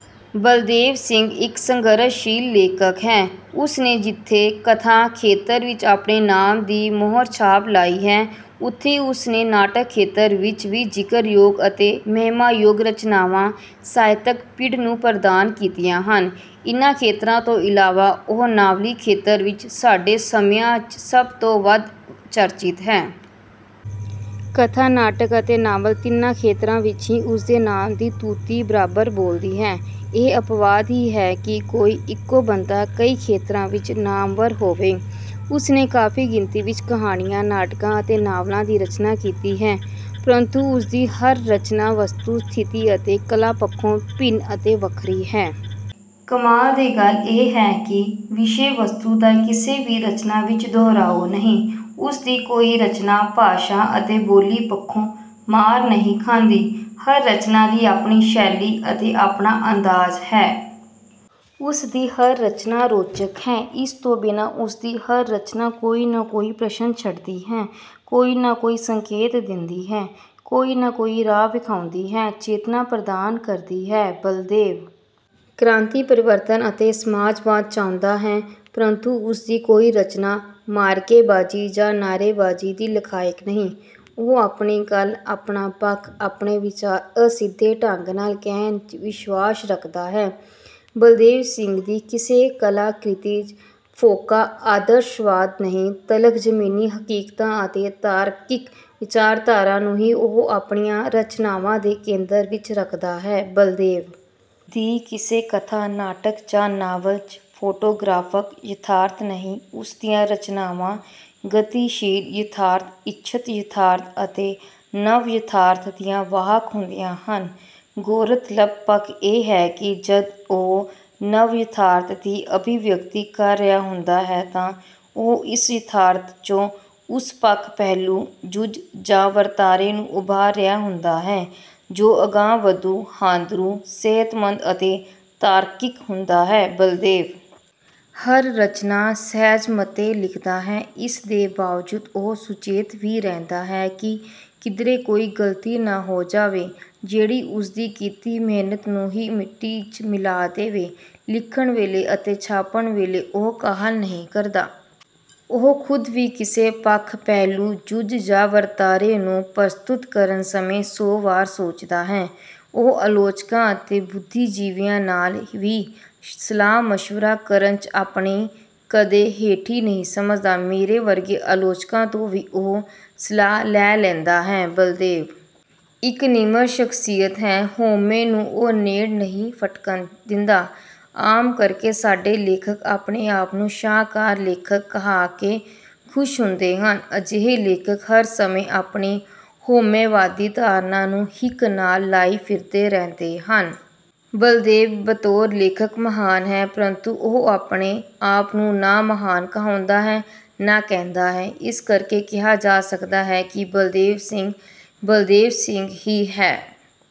ਬਲਦੇਵ ਸਿੰਘ ਇੱਕ ਸੰਘਰਸ਼ਸ਼ੀਲ ਲੇਖਕ ਹੈ। ਉਸ ਨੇ ਜਿੱਥੇ ਕਥਾ-ਖੇਤਰ ਵਿੱਚ ਆਪਣੇ ਨਾਮ ਦੀ ਮੋਹਰਛਾਪ ਲਾਈ ਹੈ, ਉੱਥੇ ਉਸ ਨੇ ਨਾਟਕ-ਖੇਤਰ ਵਿੱਚ ਵੀ ਜ਼ਿਕਰਯੋਗ ਅਤੇ ਮਹਿਮਾਯੋਗ ਰਚਨਾਵਾਂ ਸਾਹਿਤਕ-ਪਿੜ ਨੂੰ ਪ੍ਰਦਾਨ ਕੀਤੀਆਂ ਹਨ। ਇਨ੍ਹਾਂ ਖੇਤਰਾਂ ਤੋਂ ਇਲਾਵਾ ਉਹ ਨਾਵਲੀ-ਖੇਤਰ ਵਿੱਚ ਸਾਡੇ ਸਮਿਆਂ 'ਚ ਸਭ ਤੋਂ ਵੱਧ ਚਰਚਿਤ ਹੈ। ਕਥਾ, ਨਾਟਕ ਅਤੇ ਨਾਵਲ ਤਿੰਨਾਂ ਖੇਤਰਾਂ ਵਿੱਚ ਹੀ ਉਸ ਦੇ ਨਾਮ ਦੀ ਤੂਤੀ ਬਰਾਬਰ ਬੋਲਦੀ ਹੈ। ਇਹ ਅਪਵਾਦ ਹੀ ਹੈ ਕਿ ਕੋਈ ਇੱਕੋ ਬੰਦਾ ਕਈ ਖੇਤਰਾਂ ਵਿੱਚ ਨਾਮਵਰ ਹੋਵੇ। ਉਸ ਨੇ ਕਾਫੀ ਗਿਣਤੀ ਵਿੱਚ ਕਹਾਣੀਆਂ, ਨਾਟਕਾਂ ਅਤੇ ਨਾਵਲਾਂ ਦੀ ਰਚਨਾ ਕੀਤੀ ਹੈ, ਪ੍ਰੰਤੂ ਉਸ ਦੀ ਹਰ ਰਚਨਾ ਵਸਤੂ-ਸਥਿਤੀ ਅਤੇ ਕਲਾ ਪੱਖੋਂ ਭਿੰਨ ਅਤੇ ਵੱਖਰੀ ਹੈ। ਕਮਾਲ ਦੀ ਗੱਲ ਇਹ ਹੈ ਕਿ ਵਿਸ਼ੇ-ਵਸਤੂ ਦਾ ਕਿਸੇ ਵੀ ਰਚਨਾ ਵਿੱਚ ਦੁਹਰਾਓ ਨਹੀਂ। ਉਸ ਦੀ ਕੋਈ ਰਚਨਾ ਭਾਸ਼ਾ ਅਤੇ ਬੋਲੀ ਪੱਖੋਂ ਮਾਰ ਨਹੀਂ ਖਾਂਦੀ। ਹਰ ਰਚਨਾ ਦੀ ਆਪਣੀ ਸ਼ੈਲੀ ਅਤੇ ਆਪਣਾ ਅੰਦਾਜ਼ ਹੈ। ਉਸ ਦੀ ਹਰ ਰਚਨਾ ਰੌਚਕ ਹੈ, ਇਸ ਤੋਂ ਬਿਨਾਂ ਉਸ ਦੀ ਹਰ ਰਚਨਾ ਕੋਈ ਨਾ ਕੋਈ ਪ੍ਰਸ਼ਨ ਛੱਡਦੀ ਹੈ, ਕੋਈ ਨਾ ਕੋਈ ਸੰਕੇਤ ਦਿੰਦੀ ਹੈ, ਕੋਈ ਨਾ ਕੋਈ ਰਾਹ ਵਿਖਾਉਂਦੀ ਹੈ, ਚੇਤਨਾ ਪ੍ਰਦਾਨ ਕਰਦੀ ਹੈ। ਬਲਦੇਵ ਕ੍ਰਾਂਤੀ, ਪਰਿਵਰਤਨ ਅਤੇ ਸਮਾਜਵਾਦ ਚਾਹੁੰਦਾ ਹੈ, ਪ੍ਰੰਤੂ ਉਸ ਦੀ ਕੋਈ ਰਚਨਾ ਮਾਅਰਕੇਬਾਜ਼ੀ ਜਾਂ ਨਾਅਰੇਬਾਜ਼ੀ ਦੀ ਲਖ਼ਾਇਕ ਨਹੀਂ। ਉਹ ਆਪਣੀ ਗੱਲ, ਆਪਣਾ ਪੱਖ, ਆਪਣੇ ਵਿਚਾਰ ਅਸਿੱਧੇ ਢੰਗ ਨਾਲ ਕਹਿਣ 'ਚ ਵਿਸ਼ਵਾਸ ਰੱਖਦਾ ਹੈ। ਬਲਦੇਵ ਸਿੰਘ ਦੀ ਕਿਸੇ ਕਲਾ-ਕ੍ਰਿਤੀ 'ਚ ਫੋਕਾ ਆਦਰਸ਼ਵਾਦ ਨਹੀਂ, ਤਲਖ਼ ਜ਼ਮੀਨੀ ਹਕੀਕਤਾਂ ਅਤੇ ਤਾਰਕਿਕ ਵਿਚਾਰਧਾਰਾ ਨੂੰ ਹੀ ਉਹ ਆਪਣੀਆਂ ਰਚਨਾਵਾਂ ਦੇ ਕੇਂਦਰ ਵਿੱਚ ਰੱਖਦਾ ਹੈ। ਬਲਦੇਵ ਦੀ ਕਿਸੇ ਕਥਾ, ਨਾਟਕ ਜਾਂ ਨਾਵਲ 'ਚ ਫੋਟੋਗ੍ਰਾਫਕ ਯਥਾਰਥ ਨਹੀਂ, ਉਸ ਦੀਆਂ ਰਚਨਾਵਾਂ ਗਤੀਸ਼ੀਲ-ਯਥਾਰਥ, ਇੱਛਤ-ਯਥਾਰਥ ਅਤੇ ਨਵ-ਯਥਾਰਥ ਦੀਆਂ ਵਾਹਕ ਹੁੰਦੀਆਂ ਹਨ। ਗ਼ੌਰਤਲਬ ਪੱਖ ਇਹ ਹੈ ਕਿ ਜਦ ਉਹ ਨਵ-ਯਥਾਰਥ ਦੀ ਅਭਿਵਿਅਕਤੀ ਕਰ ਰਿਹਾ ਹੁੰਦਾ ਹੈ ਤਾਂ ਉਹ ਇਸ ਯਥਾਰਥ 'ਚੋਂ ਉਸ ਪੱਖ, ਪਹਿਲੂ, ਜੁਜ਼ ਜਾਂ ਵਰਤਾਰੇ ਨੂੰ ਉਭਾਰ ਰਿਹਾ ਹੁੰਦਾ ਹੈ, ਜੋ ਅਗਾਂਹਵਧੂ, ਹਾਂਦਰੂ, ਸਿਹਤਮੰਦ ਅਤੇ ਤਾਰਕਿਕ ਹੁੰਦਾ ਹੈ। ਬਲਦੇਵ ਹਰ ਰਚਨਾ ਸਹਿਜ-ਮਤੇ ਲਿਖਦਾ ਹੈ, ਇਸ ਦੇ ਬਾਵਜੂਦ ਉਹ ਸੁਚੇਤ ਵੀ ਰਹਿੰਦਾ ਹੈ ਕਿ ਕਿਧਰੇ ਕੋਈ ਗ਼ਲਤੀ ਨਾ ਹੋ ਜਾਵੇ, ਜਿਹੜੀ ਉਸ ਦੀ ਕੀਤੀ ਮਿਹਨਤ ਨੂੰ ਹੀ ਮਿੱਟੀ 'ਚ ਮਿਲਾ ਦੇਵੇ। ਲਿਖਣ ਵੇਲੇ ਅਤੇ ਛਾਪਣ ਵੇਲੇ ਉਹ ਕਾਹਲ ਨਹੀਂ ਕਰਦਾ। ਉਹ ਖ਼ੁਦ ਵੀ ਕਿਸੇ ਪੱਖ, ਪਹਿਲੂ, ਜੁਜ਼ ਜਾਂ ਵਰਤਾਰੇ ਨੂੰ ਪ੍ਰਸਤੁਤ ਕਰਨ ਸਮੇਂ ਸੌ ਵਾਰ ਸੋਚਦਾ ਹੈ। ਉਹ ਆਲੋਚਕਾਂ ਅਤੇ ਬੁੱਧੀਜੀਵੀਆਂ ਨਾਲ ਵੀ ਸਲਾਹ-ਮਸ਼ਵਰਾ ਕਰਨ 'ਚ ਆਪਣੀ ਕਦੇ ਹੇਠੀ ਨਹੀਂ ਸਮਝਦਾ। ਮੇਰੇ ਵਰਗੇ ਆਲੋਚਕਾਂ ਤੋਂ ਵੀ ਉਹ ਸਲਾਹ ਲੈ ਲੈਂਦਾ ਹੈ। ਬਲਦੇਵ ਇੱਕ ਨਿਮਰ ਸ਼ਖ਼ਸੀਅਤ ਹੈ। ਹਉਮੈ ਨੂੰ ਉਹ ਨੇੜ ਨਹੀਂ ਫ਼ਟਕਣ ਦਿੰਦਾ। ਆਮ ਕਰ ਕੇ ਸਾਡੇ ਲੇਖਕ ਆਪਣੇ ਆਪ ਨੂੰ ਸ਼ਾਹਕਾਰ ਲੇਖਕ ਕਹਾ ਕੇ ਖੁਸ਼ ਹੁੰਦੇ ਹਨ। ਅਜਿਹੇ ਲੇਖਕ ਹਰ ਸਮੇਂ ਆਪਣੀ ਹਉਮੈਵਾਦੀ ਧਾਰਨਾ ਨੂੰ ਹਿੱਕ ਨਾਲ ਲਾਈ ਫਿਰਦੇ ਰਹਿੰਦੇ ਹਨ। ਬਲਦੇਵ ਬਤੌਰ ਲੇਖਕ ਮਹਾਨ ਹੈ, ਪ੍ਰੰਤੂ ਉਹ ਆਪਣੇ ਆਪ ਨੂੰ ਨਾ ਮਹਾਨ ਕਹਾਉਂਦਾ ਹੈ, ਨਾ ਕਹਿੰਦਾ ਹੈ। ਇਸ ਕਰ ਕੇ ਕਿਹਾ ਜਾ ਸਕਦਾ ਹੈ ਕਿ ਬਲਦੇਵ ਸਿੰਘ 'ਬਲਦੇਵ ਸਿੰਘ' ਹੀ ਹੈ।